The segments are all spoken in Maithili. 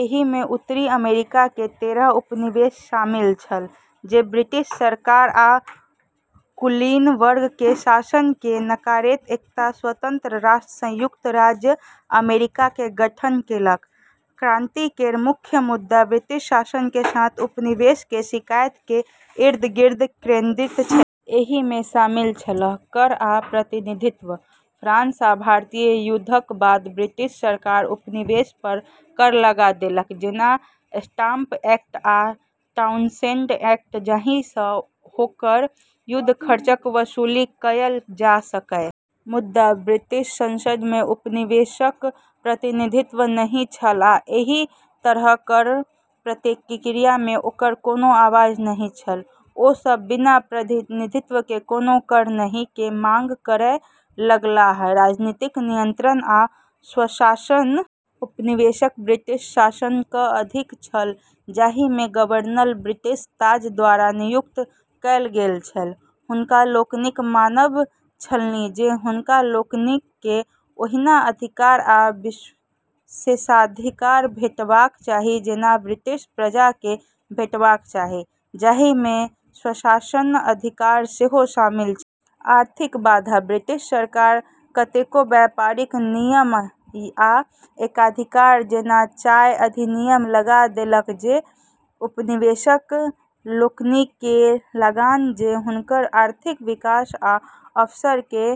एहि मे उत्तरी अमेरिका के तेरह उपनिवेश शामिल छल, जे ब्रिटिश सरकार आ कुलीन वर्ग के शासन के नकारैत एकटा स्वतंत्र राष्ट्र संयुक्त राज्य अमेरिका के गठन केलक। क्रांति केर मुख्य मुद्दा ब्रिटिश शासन के साथ उपनिवेश के शिकायत के इर्द-गिर्द केंद्रित छेलै। एहि मे शामिल छल: कर आ प्रतिनिधित्व। फ्रांस आ भारतीय युद्धक बाद ब्रिटिश सरकार उपनिवेश पर कर लगा देलक, जेना स्टाम्प एक्ट आ टाउनशेंड एक्ट जाहि सँ ओकर युद्ध खर्चक वसूली कयल जा सकय। मुदा, ब्रिटिश संसद मे उपनिवेशक प्रतिनिधित्व नहि छल आ एहि तरहें कर प्रक्रिया मे ओकर कोनो आवाज नहि छल। ओ सब "बिना प्रतिनिधित्व के कोनो कर नहि" के मांग करय लगलाह। राजनीतिक नियंत्रण आ स्वशासन। उपनिवेशक ब्रिटिश शासनक अधीन छल, जाहि मे गवर्नर ब्रिटिश ताज द्वारा नियुक्त कयल गेल छल। हुनका लोकनिक मानब छलनि जे हुनका लोकनि केँ ओहिना अधिकार आ विशेषाधिकार भेटबाक चाही जेना ब्रिटिश प्रजा केँ भेटबाक चाही, जाहि मे स्वशासनक अधिकार सेहो शामिल छल। आर्थिक बाधा। ब्रिटिश सरकार कतेको व्यापारिक नियम आ एकाधिकार जेना चाय अधिनियम लगा देलक जे उपनिवेशक लोकनि केँ लागल जे हुनकर आर्थिक विकास आ अवसर केँ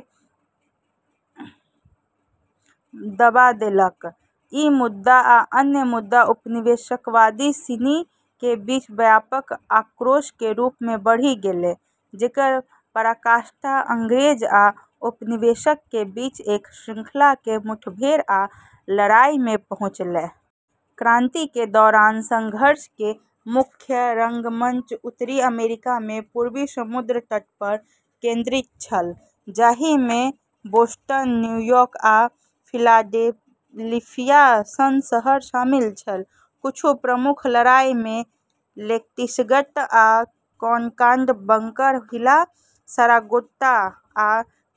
दबा देलक। ई मुद्दा आ अन्य मुद्दा उपनिवेशवादी सिनी के बीच व्यापक आक्रोश के रूप मे बढ़ी गेलै, जेकर पराकाष्ठा अंग्रेज आ उपनिवेशक के बीच एक श्रृंखला के मुठभेड़ आ लड़ाई मे पहुँचलै। क्रांति के दौरान संघर्ष के मुख्य रंगमंच उत्तरी अमेरिका के पूर्वी समुद्र तट पर केंद्रित छल, जाहि मे बोस्टन, न्यूयॉर्क, आ फिलाडेल्फिया सन शहर शामिल छल। किछु प्रमुख लड़ाई मे लेक्सिंगटन आ कॉनकॉर्ड, बंकर हिल, साराटोगा, आ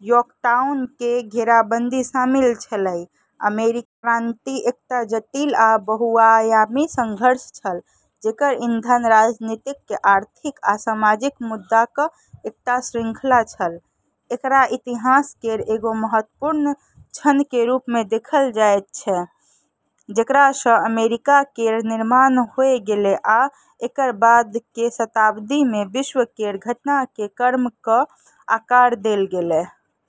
यॉर्कटाउन के घेराबंदी शामिल अछि। अमेरिकी क्रांति एकटा जटिल आ बहुआयामी संघर्ष छल, जकर ईंधन राजनीतिक, आर्थिक आ सामाजिक मुद्दाक एकटा श्रृंखला छल। एकरा इतिहास केर एगो महत्वपूर्ण क्षण के रूप मे देखल जाय छै, जेकरा सँ अमेरिका केर निर्माण होय गेलै आ एकर बाद के शताब्दी मे विश्व केर घटना के क्रम क आकार देल गेलै।